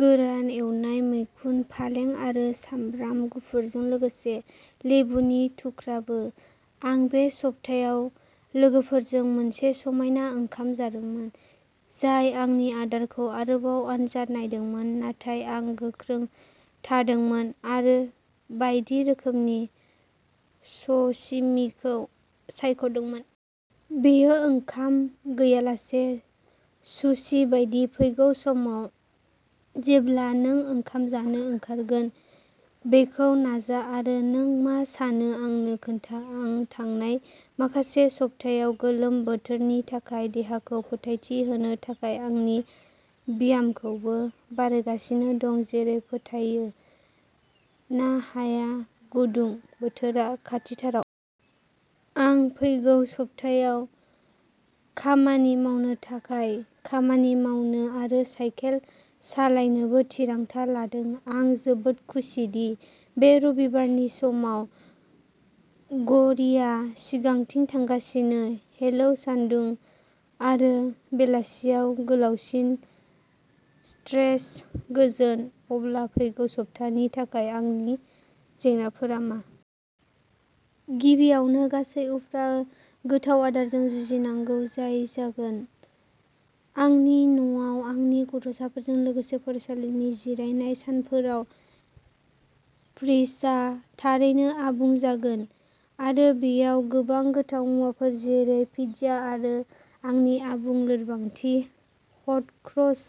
गोरान एवनाय, मैखुन, फालें आरो सामब्राम गुफुरजों लोगोसे लेबुनि थुख्राबो। आं बे सप्तायाव लोगोफोरजों मोनसे समायना ओंखाम जादोंमोन, जाय आंनि आदारखौ आरोबाव आनजाद नायदोंमोन, नाथाय आं गोख्रों थादोंमोन आरो बायदि रोखोमनि सशिमिखौ सायख'दोंमोन। बेयो ओंखाम गैयालासे सुशि बायदि। फैगौ समाव जेब्ला नों ओंखाम जानो ओंखारगोन, बेखौ नाजा आरो नों मा सानो आंनो खोन्था। आं थांनाय माखासे सप्तायाव गोलोम बोथोरनि थाखाय देहाखौ फोथायथि होनो थाखाय आंनि ब्यामखौबो बारायगासिनो दं, जेरै फोथायो ना हाया गुदुं बोथोरा खाथिथाराव। आं फैगौ सप्तायाव खामानि मावनो थाखाय खामानि मावनो आरो साइकेल सालायनोबो थिरांथा लादों। आं जोबोद खुसि दि बे रबिबारनि समाव घरिआ सिगांथिं थांगासिनो हेल' सानदुं आरो बेलासियाव गोलावसिन स्ट्रेच गोजोन। अब्ला फैगौ सप्तानि थाखाय आंनि जेंनाफोरा मा? गिबियावनो, गासैबो उफ्रा गोथाव आदारजों जुजिनांगौ जाय जागोन। आंनि न'आव आंनि गथ'साफोरजों लोगोसे फरायसालिनि जिरायनाय सानफोराव फ्रिजआ थारैनो आबुं जागोन आरो बेयाव गोबां गोथाव मुवाफोर जेरै पिज्जा आरो आंनि आबुं लोरबांथि हट क्रस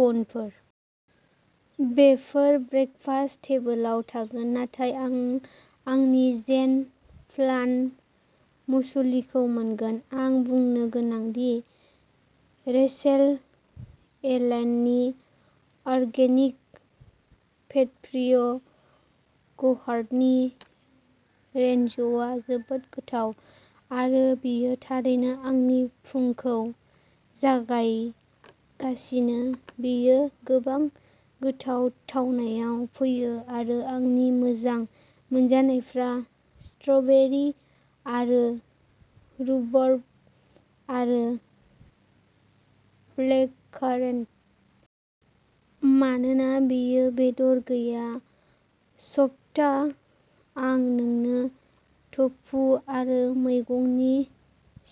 बनफोर। बेफोर ब्रेकफास्ट टेबोलाव थागोन नाथाय आं आंनि जेन प्लान मुसलिखौ मोनगोन। आं बुंनो गोनां दि रेचेल एलेननि अर्गेनिक फेट फ्रि य'गहार्टनि रेन्जआ जोबोद गोथाव आरो बेयो थारैनो आंनि फुंखौ जागायगासिनो! बेयो गोबां गोथाव थावनायाव फैयो आरो आंनि मोजां मोनजानायफोरा स्ट्र'बेरि आरो रुबार्ब आरो ब्लेककारेन्ट। मानोना बेयो बेदर गैयै सप्ता, आं नोंनो ट'फु आरो मैगंनि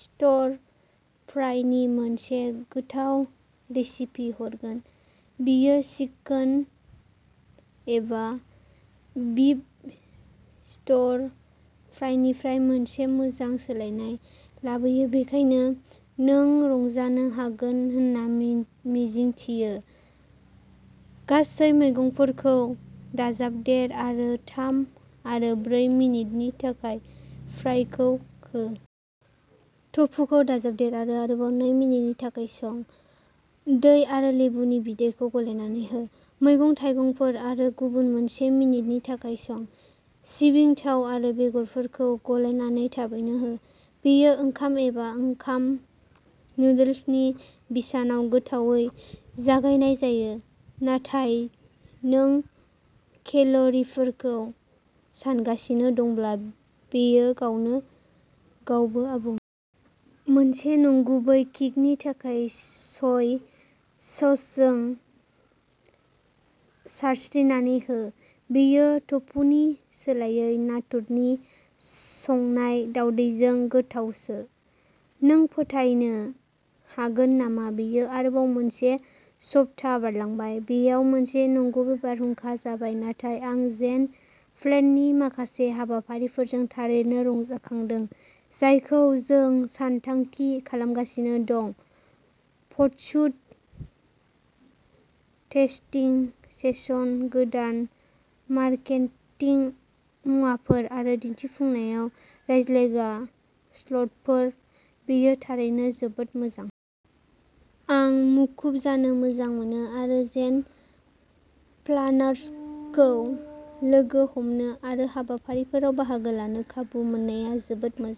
स्टिर फ्राइनि मोनसे गोथाव रेसिपि हरगोन। बेयो चिकेन एबा बिफ स्टिर फ्राइनिफ्राय मोनसे मोजां सोलायनाय लाबोयो, बेनिखायनो नों रंजानो हागोन होनना मिजिंथियो। गासैबो मैगंफोरखौ दाजाबदेर आरो थाम आरो ब्रै मिनिटनि थाखाय फ्राइखौ हो। ट'फुखौ दाजाबदेर आरो आरोबाव नै मिनिटनि थाखाय सं। दै आरो लेबुनि बिदैखौ गलायनानै हो। मैगं थाइगंफोरखौ आरो गुबुन मोनसे मिनिटनि थाखाय सं। सिबिं थाव आरो बेगरफोरखौ गलायनानै थाबैनो हो। बेयो ओंखाम एबा ओंखाम नुडल्सनि बिसानाव गोथावै जगायनाय जायो, नाथाय नों केल'रिफोरखौ सानगासिनो दंब्ला, बेयो गावनो गावबो आबुं। मोनसे नंगुबै किकनि थाखाय, सय ससजों सारस्रिनानै हो। बेयो टफुनि सोलायै नाथुरनि संनाय दावदैजों गोथावसो। नों फोथायनो हागोन नामा बेयो आरोबाव मोनसे सप्ता बारलांबाय? बेयाव मोनसे नंगुबै बारहुंखा जाबाय नाथाय आं जेन प्लेननि माखासे हाबाफारिफोरजों थारैनो रंजाखांदों जायखौ जों सानथांखि खालामगासिनो दं फटसुट, टेस्टिं सेसन, गोदान मार्केटिं मुवाफोर आरो दिन्थिफुंनायाव रायज्लायग्रा स्लटफोर बेयो थारैनो जोबोद मोजां। आं मुखुब जानो मोजां मोनो आरो जेन प्लानार्सखौ लोगो हमनो आरो हाबाफारिफोराव बाहागो लानो खाबु मोननाया जोबोद मोजां।